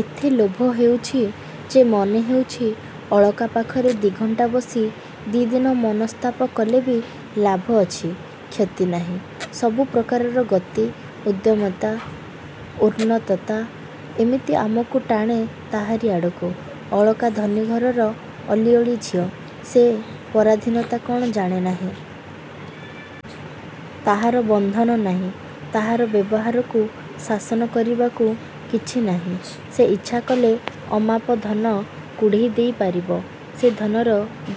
ଏତେ ଲୋଭ ହେଉଛି ଯେ ମନେହେଉଛି ଅଳକା ପାଖରେ ଦି'ଘଣ୍ଟା ବସି ଦି'ଦିନ ମନସ୍ତାପ କଲେ ବି ଲାଭ ଅଛି-କ୍ଷତି ନାହିଁ। -ସବୁ ପ୍ରକାରର ଗତି, ଉଦ୍ଦାମତା, ଉନ୍ମତ୍ତତା ଏମିତି ଆମକୁ ଟାଣେ ତାହାରି ଆଡ଼କୁ। ଅଳକା ଧନୀ ଘରର ଅଲିଅଳି ଝିଅ। ସେ ପରାଧୀନତା କ'ଣ ଜାଣେ ନାହିଁ। ତାହାର ବନ୍ଧନ ନାହିଁ-। ତାହାର ବ୍ୟବହାରକୁ ଶାସନ କରିବାକୁ କିଛି ନାହିଁ। ସେ ଇଚ୍ଛା କଲେ ଅମାପ ଧନ କୁଢ଼େଇ ଦେଇ ପାରିବ। ସେଇ ଧନର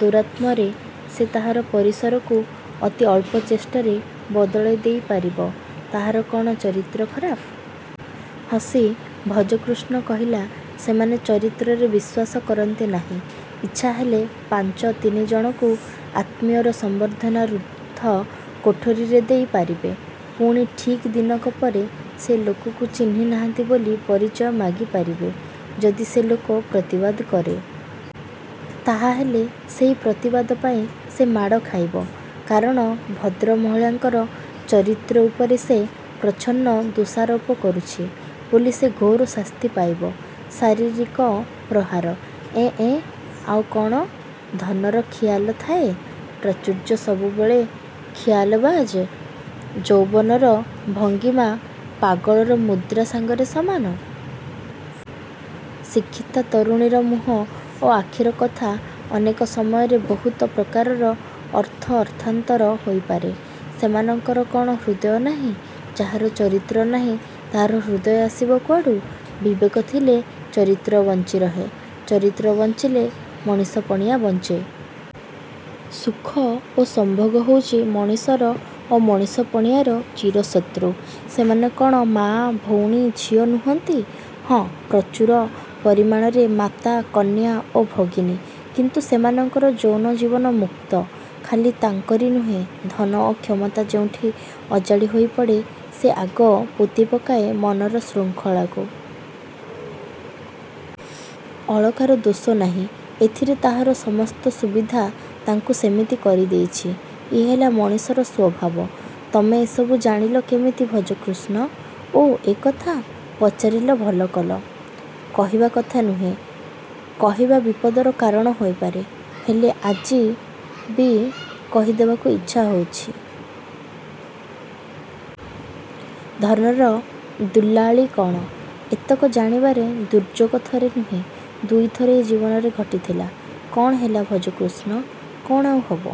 ଦୌରାତ୍ମ୍ୟରେ ସେ ତାହାର ପରିସରକୁ ଅତି ଅଳ୍ପ ଚେଷ୍ଟାରେ ବଦଳାଇ ଦେଇ ପାରିବ। -ତାହାର କ'ଣ ଚରିତ୍ର ଖରାପ? ହସି ଭଜକୃଷ୍ଣ କହିଲା-ସେମାନେ ଚରିତ୍ରରେ ବିଶ୍ୱାସ କରନ୍ତି ନାହିଁ। ଇଚ୍ଛା ହେଲେ ପାଞ୍ଚ ତିନିଜଣଙ୍କୁ ଆତ୍ମୀୟର ସମ୍ବର୍ଦ୍ଧନା ରୁଦ୍ଧ କୋଠରୀରେ ଦେଇ ପାରିବେ। ପୁଣି ଠିକ୍ ଦିନକ ପରେ ସେହି ଲୋକକୁ ଚିହ୍ନି ନାହାଁନ୍ତି ବୋଲି ପରିଚୟ ମାଗି ପାରିବେ। -ଯଦି ସେ ଲୋକ ପ୍ରତିବାଦ କରେ। -ତାହାହେଲେ ସେହି ପ୍ରତିବାଦ ପାଇଁ ସେ ମାଡ଼ ଖାଇବ। କାରଣ ଭଦ୍ରମହିଳାଙ୍କର ଚରିତ୍ର ଉପରେ ସେ ପ୍ରଚ୍ଛନ୍ନ ଦୋଷାରୋପ କରୁଛି ବୋଲି ସେ ଘୋର ଶାସ୍ତି ପାଇବ-ଶାରିରୀକ ପ୍ରହାର। -ଏଁ-ଏଁ। -ଆଉ କ'ଣ? ଧନର ଖିଆଲ ଥାଏ। ପ୍ରାଚୁର୍ଯ୍ୟ ସବୁବେଳେ ଖିଆଲବାଜ୍। ଯୌବନର ଭଙ୍ଗିମା ପାଗଳର ମୁଦ୍ରା ସାଙ୍ଗରେ ସମାନ। ଶିକ୍ଷିତା ତରୁଣୀର ମୁହଁ ଓ ଆଖିର କଥା ଅନେକ ସମୟରେ ବହୁତ ପ୍ରକାରର ଅର୍ଥ ଅର୍ଥାନ୍ତର ହୋଇପାରେ। -ସେମାନଙ୍କର କ'ଣ ହୃଦୟ ନାହିଁ? -ଯାହାର ଚରିତ୍ର ନାହିଁ, ତାହାର ହୃଦୟ ଆସିବ କୁଆଡ଼ୁ? ବିବେକ ଥିଲେ ଚରିତ୍ର ବଞ୍ଚିରହେ। ଚରିତ୍ର ବଞ୍ଚିଲେ ମଣିଷ ପଣିଆ ବଞ୍ଚେ। ସୁଖ ଓ ସମ୍ଭୋଗ ହେଉଛି ମଣିଷର ଓ ମଣିଷ ପଣିଆର ଚିରଶତ୍ରୁ। -ସେମାନେ କ'ଣ ମା, ଭଉଣୀ, ଝିଅ ନୁହଁନ୍ତି? -ହଁ। ପ୍ରଚୁର ପରିମାଣରେ ମାତା, କନ୍ୟା ଓ ଭଗିନୀ କିନ୍ତୁ ସେମାନଙ୍କର ଯୌନ ଜୀବନ ମୁକ୍ତ। ଖାଲି ତାଙ୍କରି ନୁହେଁ ଧନ ଓ କ୍ଷମତା ଯେଉଁଠି ଅଜାଡ଼ି ହୋଇପଡ଼େ ସେ ଆଗ ପୋତିପକାଏ ମନର ଶୃଙ୍ଖଳାକୁ। ଅଳକାର ଦୋଷ ନାହିଁ ଏଥିରେ ତାହାର ସମସ୍ତ ସୁବିଧା ତା'କୁ ସେମିତି କରିଦେଇଛି। ଇଏ ହେଲା ମଣିଷର ସ୍ୱଭାବ। -ତମେ ଏସବୁ ଜାଣିଲ କେମିତି ଭଜକୃଷ୍ଣ? -ଓ, ଏ କଥା? ପଚାରିଲ ଭଲ କଲ? କହିବା କଥା ନୁହେଁ। କହିବା ବିପଦର କାରଣ ହେଇପାରେ। ହେଲେ ବି ଆଜି କହି ଦେବାକୁ ଇଚ୍ଛା ହେଉଛି। ଧନର ଦୁଲାଳୀ କ'ଣ? -ଏତକ ଜାଣିବାର ଦୁର୍ଯ୍ୟୋଗ ଥରେ ନୁହେଁ ଦୁଇଥର ଏଇ ଜୀବନରେ ଘଟିଥିଲା। -କ'ଣ ହେଲା-ଭଜକୃଷ୍ଣ? -କ'ଣ ଆଉ ହବ?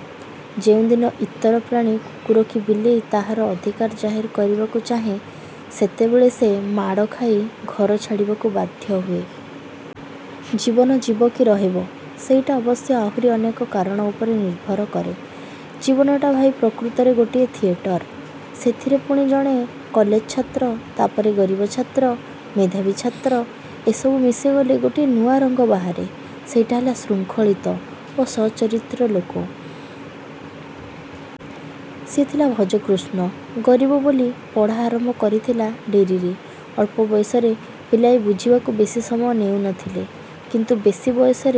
ଯେଉଁଦିନ ଇତର ପ୍ରାଣୀ କୁକୁର କି ବିଲେଇ ତାହାର ଅଧିକାର ଜାହିର କରିବାକୁ ଚାହେଁ ସେତେବେଳେ ସେ ମାଡ଼ ଖାଇ ଘର ଛାଡ଼ିବାକୁ ବାଧ୍ୟ ହୁଏ। ଜୀବନ ଯିବ କି ରହିବ-ସେଇଟା ଅବଶ୍ୟ ଆହୁରି ଅନେକ କାରଣ ଉପରେ ନିର୍ଭର କରେ। ଜୀବନଟା ଭାଇ ପ୍ରକୃତରେ ଗୋଟାଏ ଥିଏଟର୍। ସେଥିରେ ପୁଣି ଜଣେ କଲେଜ ଛାତ୍ର-ତା'ପରେ-ଗରିବ ଛାତ୍ର, ମେଧାବୀ ଛାତ୍ର। ଏସବୁ ମିଶିଗଲେ ଗୋଟାଏ ନୂଆରଙ୍ଗ ବାହାରେ-ସେଇଟା ହେଲା ଶୃଙ୍ଖଳିତ ଓ ସଚ୍ଚରିତ୍ର ଲୋକ। ସିଏ ଥିଲା ଭଜକୃଷ୍ଣ। ଗରିବ ବୋଲି ପଢ଼ା ଆରମ୍ଭ କରିଥିଲା ଡେରିରେ। ଅଳ୍ପ ବୟସର ପିଲାଏ ବୁଝିବାକୁ ବେଶି ସମୟ ନେଉଥିଲେ, କିନ୍ତୁ ବେଶି ବୟସର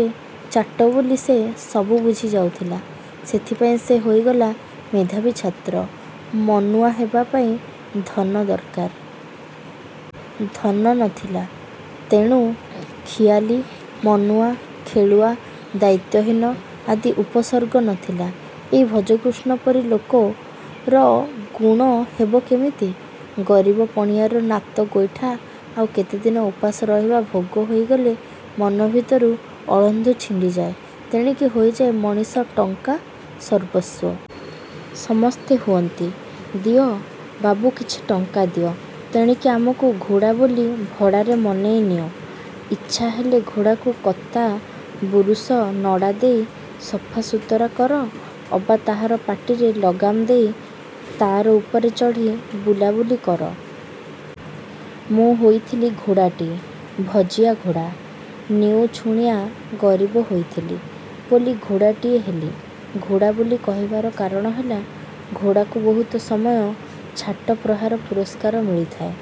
ଚାଟ ବୋଲି ସେ ସବୁ ବୁଝି ଯାଉଥିଲା। ସେଥିପାଇଁ ସେ ହୋଇଗଲା ମେଧାବୀ ଛାତ୍ର। ମନୁଆ ହେବାପାଇଁ ଧନ ଦରକାର। ଧନ ନ ଥିଲା। ତେଣୁ ଖିଆଲି, ମନୁଆ, ଖେଳୁଆ, ଦାୟିତ୍ୱହୀନ ଆଦି ଉପସର୍ଗ ନ ଥିଲା। ଏଇ ଭଜକୃଷ୍ଣ ପରି ଲୋକର ଗୁଣ ହେବ କେମିତି? ଗରିବ ପଣିଆର ନାତ ଗୋଇଠା ଆଉ କେତେଦିନ ଉପାସ ରହିବା ଭୋଗ ହୋଇଗଲେ ମନଭିତରୁ ଅଳନ୍ଧୁ ଛିଣ୍ଡିଯାଏ। ତେଣିକି ହେଇଯାଏ ମଣିଷ ଟଙ୍କା-ସର୍ବସ୍ୱ। ସମସ୍ତେ ହୁଅନ୍ତି। -ଦିଅ ବାବୁ କିଛି ଟଙ୍କା ଦିଅ। ତେଣିକି ଆମକୁ ଘୋଡ଼ା ବୋଲି ଭଡ଼ାରେ ମନେଇ ନିଅ-। ଇଚ୍ଛା ହେଲେ ଘୋଡ଼ାକୁ କତା ବୁରୁସ, ନଡ଼ା ଦେଇ ସଫାସୁତୁରା କର ଅବା ତାହାର ପାଟିରେ ଲଗାମ ଦେଇ ତା'ର ଉପରେ ଚଢ଼ି ବୁଲାବୁଲି କର। ମୁଁ ହେଇଥିଲି ଘୋଡ଼ାଟିଏ-ଭଜିଆ ଘୋଡ଼ା। ନିଉଛୁଣିଆ ଗରିବ ହୋଇଥିଲି ବୋଲି ଘୋଡ଼ାଟିଏ ହେଲି। ଘୋଡ଼ା ବୋଲି କହିବାର କାରଣ ହେଲା-ଘୋଡ଼ାକୁ ବହୁତ ସମୟରେ ଛାଟ ପ୍ରହାର ପୁରସ୍କାର ମିଳିଥାଏ।